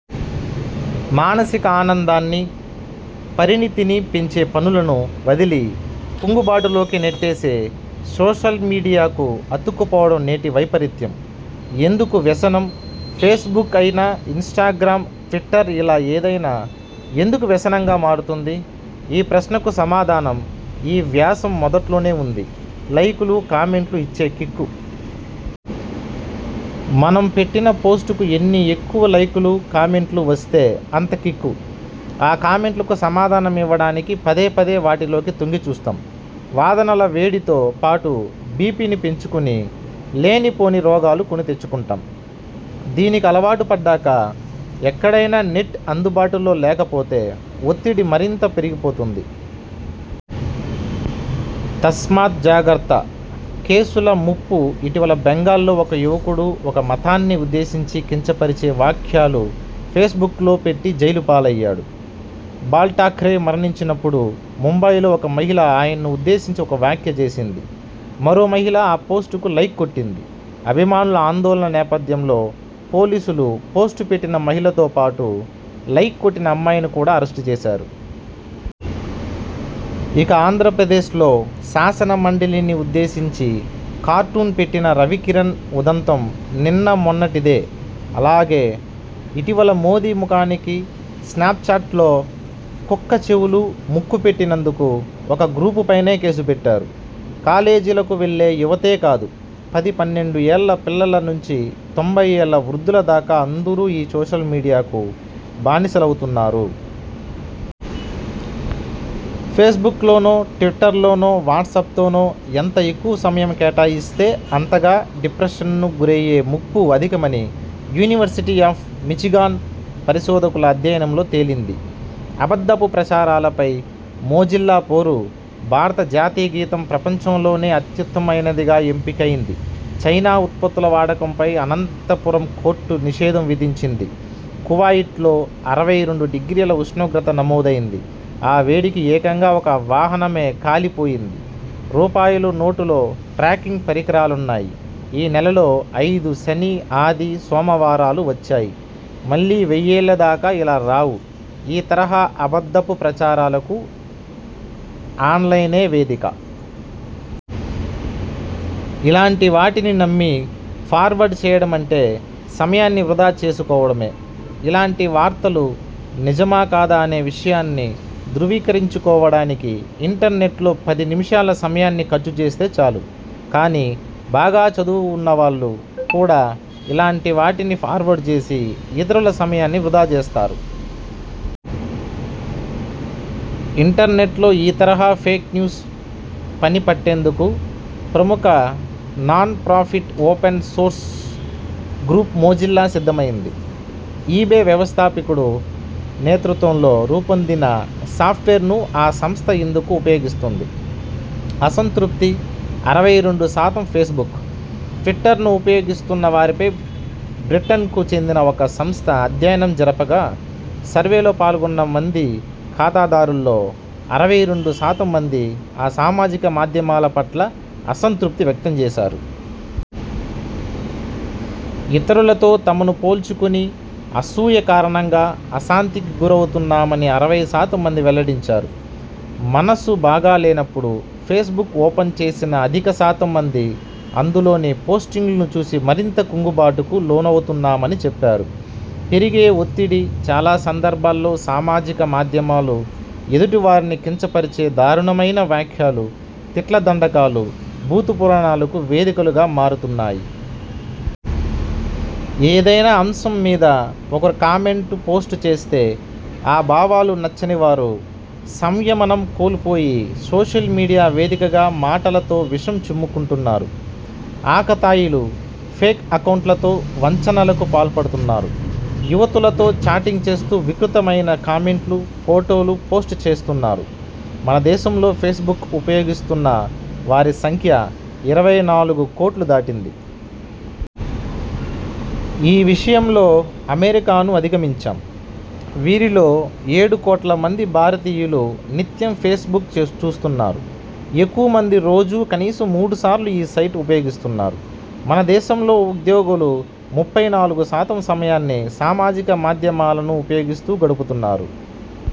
మానసిక ఆనందాన్ని, పరిణతిని పెంచే పనులను వదిలి కుంగుబాటులోకి నెట్టేసే సోషల్మీడియాకు అతుక్కుపోవడం నేటి వైపరీత్యం. ఎందుకు వ్యసనం? ఫేస్బుక్ అయినా ఇన్స్టాగ్రామ్, ట్విటర్ ఇలా ఏదైనా ఎందుకు వ్యసనంగా మారుతుంది? ఈ ప్రశ్నకు సమాధానం ఈ వ్యాసం మొదట్లోనే ఉంది. లైకులు, కామెంట్లు ఇచ్చే కిక్కు. మనం పెట్టిన పోస్టుకు ఎన్ని ఎక్కువ లైకులు, కామెంట్లు వస్తే అంత కిక్కు. ఆ కామెంట్లకు సమాధానమివ్వడానికి పదేపదే వాటిలోకి తొంగిచూస్తాం. వాదనల వేడితో పాటు బీపీని పెంచుకుని లేనిపోని రోగాలు కొనితెచ్చుకుంటాం. దీనికి అలవాటు పడ్డాక ఎక్కడైనా నెట్ అందుబాటులో లేకపోతే ఒత్తిడి మరింత పెరిగిపోతుంది. తస్మాత్ జాగ్రత్త! కేసుల ముప్పుఇటీవల బెంగాల్లో ఒక యువకుడు ఒక మతాన్ని ఉద్దేశించి కించపరిచే వ్యాఖ్యలు ఫేస్బుక్లో పెట్టి జైలుపాలయ్యాడు. బాల్ ఠాక్రే మరణించినప్పుడు ముంబైలో ఒక మహిళ ఆయన్ను ఉద్దేశించి ఒక వ్యాఖ్య చేసింది. మరో మహిళ ఆ పోస్టుకు లైక్ కొట్టింది. అభిమానుల ఆందోళన నేపథ్యంలో పోలీసులు పోస్టు పెట్టిన మహిళతో పాటు లైక్ కొట్టిన అమ్మాయిని కూడా అరెస్టు చేశారు. ఇక ఆంధ్రప్రదేశ్లో శాసన మండలిని ఉద్దేశించి కార్టూన్ పెట్టిన రవికిరణ్ ఉదంతం నిన్నమొన్నటిదే. అలాగే, ఇటీవల మోదీ ముఖానికి స్నాప్చాట్లో కుక్క చెవులు, ముక్కు పెట్టినందుకు ఒక గ్రూపుపైనే కేసు పెట్టారు. కాలేజీలకు వెళ్లే యువతే కాదు పది పన్నెండు ఏళ్ల పిల్లల నుంచి తొంభై ఏళ్ల వృద్ధుల దాకా అందరూ ఈ సోషల్ మీడియాకు బానిసలవుతున్నారు. ఫేస్బుక్లోనో ట్విటర్లోనో వాట్స్పతోనో ఎంత ఎక్కువ సమయం కేటాయిస్తే అంతగా డిప్రెషన్కు గురయ్యే ముప్పు అధికమని యూనివర్సిటీ ఆఫ్ మిచిగాన్ పరిశోధకుల అధ్యయనంలో తేలింది. అబద్ధపు ప్రచారాలపై మొజిల్లా పోరు ''భారత జాతీయగీతం ప్రపంచంలోనే అత్యుత్తమమైనదిగా ఎంపికైంది చైనా ఉత్పత్తుల వాడకంపై అనంతపురం కోర్టు నిషేధం విధించింది కువాయిట్లో అరవై రెండు డిగ్రీల ఉష్ణోగ్రత నమోదైంది, ఆ వేడికి ఏకంగా ఒక వాహనమే కాలిపోయింది రూపాయలు నోటులో ట్రాకింగ్ పరికరాలున్నాయి ఈ నెలలో ఐదు శని, ఆది, సోమవారాలు వచ్చాయి మళ్లీ వెయ్యేళ్ల దాకా ఇలా రావు '' ఈ తరహా అబద్ధపు ప్రచారాలకు ఆన్లైనే వేదిక. ఇలాంటి వాటిని నమ్మి ఫార్వర్డ్ చేయడమంటే సమయాన్ని వృథా చేసుకోవడమే. ఇలాంటి వార్తలు నిజమా కాదా అనే విషయాన్ని ధ్రువీకరించుకోవడానికి ఇంటర్నెట్లో పది నిమిషాల సమయాన్ని ఖర్చు చేస్తే చాలు. కానీ, బాగా చదువుకున్నవాళ్లు కూడా ఇలాంటి వాటిని ఫార్వర్డ్ చేసి ఇతరుల సమయాన్ని వృథా చేస్తారు. ఇంటర్నెట్లో ఈ తరహా ఫేక్ న్యూస్ పని పట్టేందుకు ప్రముఖ non profit open source group Mozilla సిద్ధమైంది. ఈబే వ్యవస్థాపకుడి నేతృత్వంలో రూపొందిన సాఫ్ట్వేర్ను ఆ సంస్థ ఇందుకు ఉపయోగిస్తోంది. అసంతృప్తి అరవై రెండు శాతం ఫేస్బుక్, ట్విటర్ను ఉపయోగిస్తున్న వారిపై బ్రిటన్కు చెందిన ఒక సంస్థ అధ్యయనం జరపగా సర్వేలో పాల్గొన్న మంది ఖాతాదారుల్లో అరవై రెండు శాతం మంది ఆ సామాజిక మాధ్యమాల పట్ల అసంతృప్తి వ్యక్తం చేశారు. ఇతరులతో తమను పోల్చుకుని అసూయ కారణంగా ఆశాంతికి గురౌతున్నామని అరవై శాతం మంది వెల్లడించారు. మనసు బాగాలేనప్పుడు ఫేస్బుక్ ఓపెన్ చేసిన అధిక శాతం మంది అందులోని పోస్టింగ్లు చూసి మరింత కుంగుబాటుకు లోనవుతున్నామని చెప్పారు. పెరిగే ఒత్తిడి చాలా సందర్భాల్లో సామాజిక మాధ్యమాలు ఎదుటి వారిని కించ పరిచే దారుణమైన వ్యాఖ్యలు, తిట్ల దండకాలు, బూతు పురాణాలకు వేదికలుగా మారుతున్నాయి. ఏదైనా అంశం మీద ఒకరు కామెంట్ పోస్ట్ చేస్తే ఆ భావాలు నచ్చని వారు సంయమనం కోల్పోయి సోషల్ మీడియా వేదికగా మాటలతో విషం చిమ్ముకుంటున్నారు. ఆకతాయిలు ఫేక్ అకౌంట్లతో వంచనలకు పాల్పడుతున్నారు. యువతులతో చాటింగ్ చేస్తూ వికృతమైన కామెంట్లు, ఫొటోలు పోస్ట్ చేస్తున్నారు. మన దేశంలో ఫేస్బుక్ ఉపయోగిస్తున్న వారి సంఖ్య ఇరవై నాలుగు కోట్లు దాటింది. ఈ విషయంలో అమెరికాను అధిగమించాం. వీరిలో ఏడు కోట్ల మంది భారతీయులు నిత్యం ఫేస్బుక్ చూస్తున్నారు. ఎక్కువ మంది రోజూ కనీసం మూడుసార్లు ఈ సైట్ ఉపయోగిస్తున్నారు. మన దేశంలో ఉద్యోగులు ముప్పై నాలుగు శాతం సమయాన్ని సామాజిక మాధ్యమాలను ఉపయోగిస్తూ గడుపుతున్నారు.